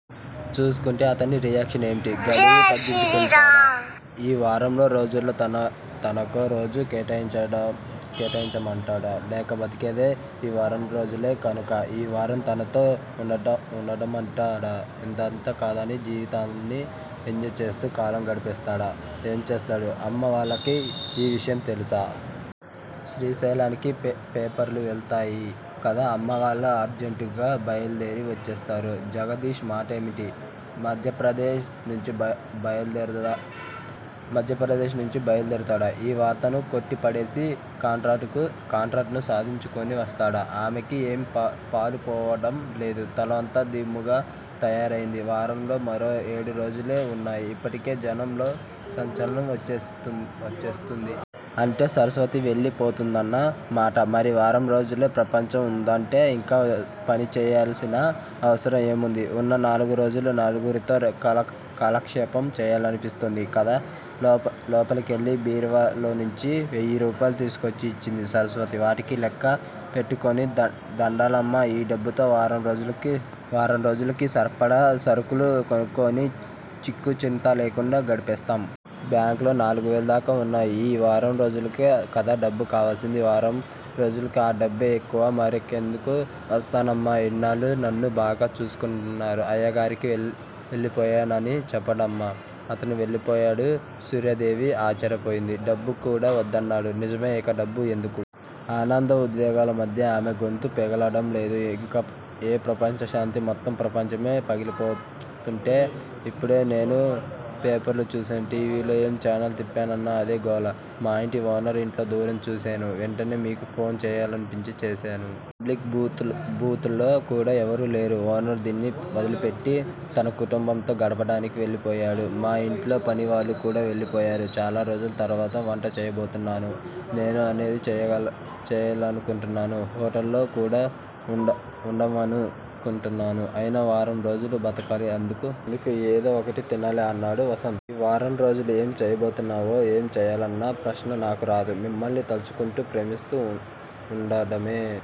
చూసుంటే అతని రియాక్షన్ ఏమిటి? గడువు తగ్గించుకుంటాడా? ఈ వారం రోజుల్లో తనకో రోజు కేటాయించమంటాడా? లేక బతికేది ఈ వారంలో రోజులే గనుక ఈ వారం తనతో వుండమంటాడా? ఇదంతా కాదని జీవితాన్ని ఎంజాయ్ చేస్తూ కాలం గడిపేస్తాడా? ఏం చేస్తాడు? అమ్మా వాళ్ళకి ఈ విషయం తెలుసా? శ్రీశైలానికి పేపర్లు వెళతాయి కదా అమ్మా వాళ్ళు అర్జంటుగా బయల్దేరి వచ్చేస్తారా? జగదీష్ మాటేమిటి? మధ్యప్రదేశ్ నుంచి బయల్దేరుతాడా? ఈ వార్తను కొట్టిపడేసి, కాంట్రాక్టును సాధించుకుని వస్తాడా? ఆమెకి ఏమీ పాలుపోవడం లేదు. తలంతా దిమ్ముగా తయారైంది. వారం మరో ఏడురోజులే వున్నాయి. ఇప్పటికే జనంలో సంచలనం వచ్చేస్తుంది అంటే సరస్వతి వెళ్ళి పోతుందన్న మాట. మరి వారంరోజులే ప్రపంచం వుందంటే ఇంకా పనిచేయాల్సిన అవసరం ఏముంది? ఉన్న నాలుగు రోజులూ నలుగురితో కాలక్షేపం చేయాలనిపిస్తుంది కదా. లోపలికెళ్ళి బీరువాలోంచి వేయిరూపాయలు తీసుకొచ్చి ఇచ్చింది. సరస్వతి వాటిని లెక్క పెట్టుకుని- దండాలమ్మా ఈ డబ్బుతో వారంరోజులకి సరిపడా సరుకులు కొనుక్కుని చీకూ చింతా లేకుండా గడిపేస్తాం. బ్యాంక్ లో నాలుగువేలదాకా వున్నాయి. ఈ వారం రోజులకే కదా డబ్బు కావాల్సింది. వారం రోజులకి ఆ డబ్బే ఎక్కువ. మరింకెందుకు? వస్తానమ్మా, ఇన్నాళ్ళూ నన్ను బాగా చూసుకున్నారు. అయ్యగారికి వెళ్ళిపోయానని చెప్పండమ్మా అతను వెళ్ళిపోయాడు. సూర్యాదేవి ఆశ్చర్యపోయింది. డబ్బు కూడా వద్దన్నాడు. నిజమే! ఇక డబ్బు ఎందుకు? ఆనంద ఉద్వేగాల మధ్య ఆమె గొంతు పెగలడం లేదు. ఇంకా ఏం ప్రపంచశాంతి? మొత్తం ప్రపంచమే పగిలిపోతుంటే ఇప్పుడే నేనూ పేపర్లో చూశాను. టీవీలో ఏ ఛానల్ తిప్పినా అదే గోల మా ఇంటి ఓనర్ ఇంట్లో దూరి చూశాను. వెంటనే మీకు ఫోన్ చేయాలనిపించి చేశాను. ఈ పబ్లిక్ బూత్ లో కూడా ఎవరూ లేరు. ఓనర్ దీన్ని వదిలిపెట్టి తన కుటుంబంతో గడపడానికి వెళ్ళిపోయాడు మా ఇంట్లో పనివాళ్ళు కూడా వెళ్ళిపోయారు. చాలా రోజుల తరువాత వంట చేయబోతున్నాను నేనూ అదే చేయాలనుకుంటున్నాను. హోటళ్ళు కూడా వుండవను కుంటాను. అయినా వారం రోజులు బతకాలిగా అందుకు ఏదో ఒకటి తినాలి అన్నాడు వసంత్. ఈ వారం రోజులు ఏం చేయబోతున్నావ్? ఏం చేయాలి అన్న ప్రశ్నే నాకు రాదు మిమ్మల్ని తలుచుకుంటూ ప్రేమిస్తూ వుండడమే